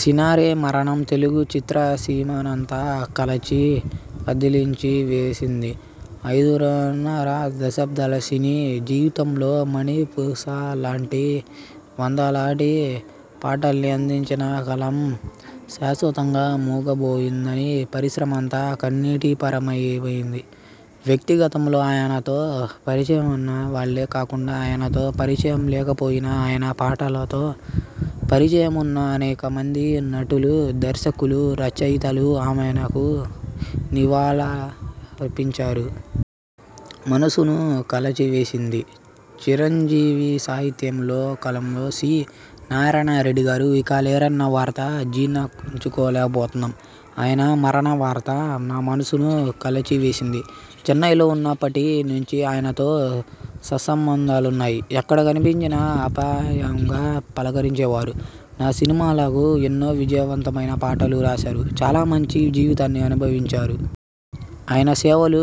సినారె మరణం తెలుగు చిత్రసీమనంతా కలచి కదిలించి వేసింది. ఐదున్నర దశాబ్దాల సినీ జీవితంలో మణిపూసల్లాంటి వందలాది పాటల్ని అందించిన కలం శాశ్వతంగా మూగబోయిందని పరిశ్రమంతా కన్నీటి పర్యంతమైంది. వ్యక్తిగతంలో ఆయనతో పరిచయమున్న వాళ్లే కాకుండా, ఆయనతో పరిచయం లేకపోయినా.. ఆయన పాటతో పరిచయం ఉన్న అనేకమంది నటులు, దర్శకులు, రచయితలు ఆయనకు నివాళులర్పించారు. మనసును కలచివేసింది చిరంజీవిసాహిత్యలోకంలో సి. నారాయణరెడ్డిగారు ఇక లేరన్న వార్త జీర్ణించుకోలేకపోతున్నాం. ఆయన మరణవార్త నా మనసును కలచివేసింది. చెన్నైలో ఉన్నప్పటి నుంచి ఆయనతో సత్సంబంధాలున్నాయి. ఎక్కడ కనిపించినా ఆప్యాయంగా పలకరించేవారు. నా సినిమాలకు ఎన్నో విజయవంతమైన పాటలు రాశారు. చాలా మంచి జీవితాన్ని అనుభవించారు. ఆయన సేవలు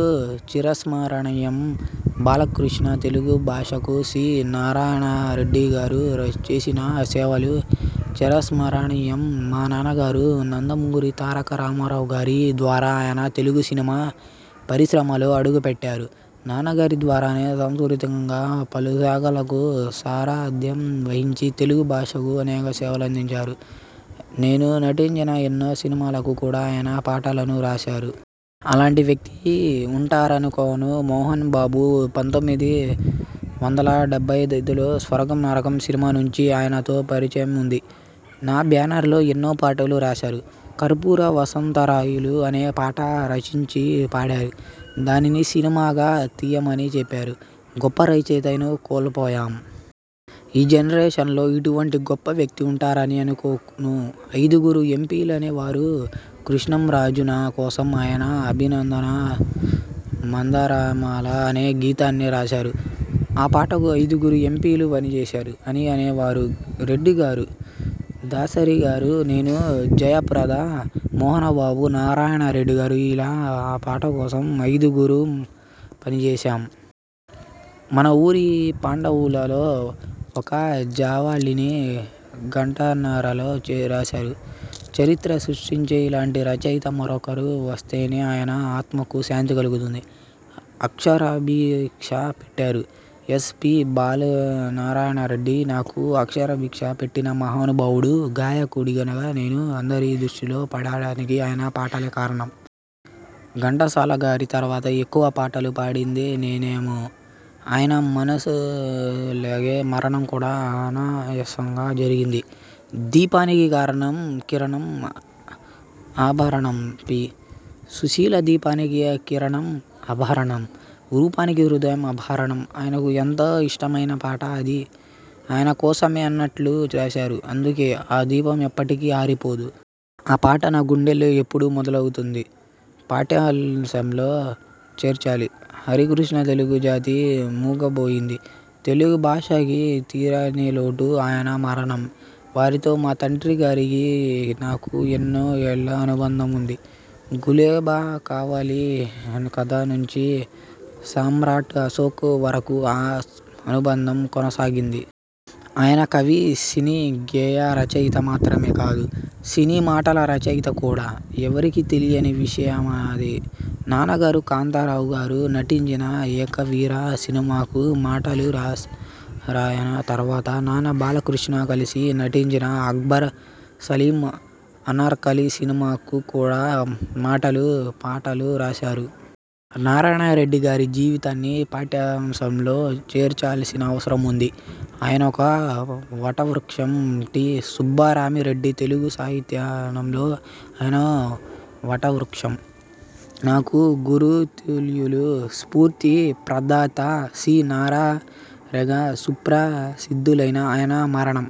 చిరస్మరణీయం బాలకృష్ణతెలుగు భాషకు సి. నారాయణరెడ్డిగారు చేసిన సేవలు చిరస్మరణీయం. మా నాన్నగారు నందమూరి తారక రామారావుగారి ద్వారా ఆయన తెలుగు సినిమా పరిశ్రమలో అడుగుపెట్టారు. నాన్నగారి ద్వారానే సాంస్కృతికంగా పలు శాఖలకు సారథ్యం వహించి తెలుగు భాషకు అనేక సేవలందించారు. నేను నటించిన ఎన్నో సినిమాలకు కూడా ఆయన పాటలను రాశారు. అలాంటి వ్యక్తి ఉంటారనుకోను మోహన్ బాబు పంతొమ్మిది వందల డెబ్బై ఐదులో 'స్వర్గం-నరకం' సినిమా నుంచీ ఆయనతో పరిచయం ఉంది. నా బ్యానర్లో ఎన్నో పాటలు రాశారు. 'కర్పూర వసంతరాయలు' అనే పాట రచించి పాడారు. దానిని సినిమాగా తియ్యమని చెప్పారు. గొప్ప రచయితను కోల్పోయాం. ఈ జనరేషన్ లో ఇటువంటి గొప్ప వ్యక్తి ఉంటారని అనుకోను. ఐదుగురు ఎంపీలనేవారు! కృష్ణంరాజునా కోసం ఆయన 'అభినందన మందారమాల.. ' అనే గీతాన్ని రాశారు. ఆ పాటకు ఐదుగురు ఎంపీలు పనిచేశారు అని అనేవారు రెడ్డిగారు. దాసరిగారు, నేను, జయప్రద, మోహనబాబు, నారాయణరెడ్డిగారు.. ఇలా ఆ పాట కోసం ఐదుగురం పనిచేశాం. 'మనవూరి పాండవులు'లో ఒక జావళిని గంటన్నరలో రాశారు. చరిత్ర సృష్టించే ఇలాంటి రచయిత మరొకరు వస్తేనే ఆయన ఆత్మకు శాంతి కలుగుతుంది. అక్షరభిక్ష పెట్టారు ఎస్. పి. బాలునారాయణరెడ్డి నాకు అక్షరభిక్ష పెట్టిన మహానుభావుడు. గాయకుడిగా నేను అందరి దృష్టిలో పడటానికి ఆయన పాటలే కారణం. ఘంటసాల గారి తర్వాత ఎక్కువ పాటలు పాడింది నేనేనేమో. ఆయన మనసులాగే మరణం కూడా అనాయాసంగా జరిగింది. దీపానికి కిరణం ఆభరణం పి. సుశీల'దీపానికి కిరణం ఆభరణం.. రూపానికి హృదయం ఆభరణం' ఆయనకు ఎంతో ఇష్టమైన పాట అది. ఆయన కోసమే అన్నట్లు రాశారు. అందుకే ఆ దీపం ఎప్పటికీ ఆరిపోదు. ఆ పాట నా గుండెల్లో ఎప్పుడూ మెదులుతుంది. పాఠ్యాంశాల్లో చేర్చాలి హరికృష్ణతెలుగు జాతి మూగబోయింది. తెలుగు భాషకి తీరనిలోటు ఆయన మరణం. వారితో మా తండ్రిగారికీ, నాకూ ఎన్నో ఏళ్ల అనుబంధం ఉంది. 'గులేబకావళి కథ' నుంచీ 'సామ్రాట్ అశోక్' వరకూ ఆ అనుబంధం కొనసాగింది. ఆయన కవి, సినీ గేయ రచయిత మాత్రమే కాదు. సినీ మాటల రచయిత కూడా. ఎవరికీ తెలియని విషయమది. నాన్నగారు, కాంతారావుగారు నటించిన 'ఏకవీర' సినిమాకు మాటలు రాశారాయన. తర్వాత నాన్న, బాలకృష్ణ కలిసి నటించిన 'అక్బర్ సలీమ్ అనార్కలి' సినిమాకు కూడా మాటలూ, పాటలూ రాశారు. నారాయణరెడ్డిగారి జీవితాన్ని పాఠ్యాంశాల్లో చేర్చాల్సిన అవసరం ఉంది. ఆయనొక వటవృక్షం టి. సుబ్బరామిరెడ్డితెలుగు సాహితీవనంలో ఆయనో వటవృక్షం. నాకు గురుతుల్యులు. స్ఫూర్తి ప్రదాత. సి. నా. రెగా సుప్రసిద్ధులైన ఆయన మరణం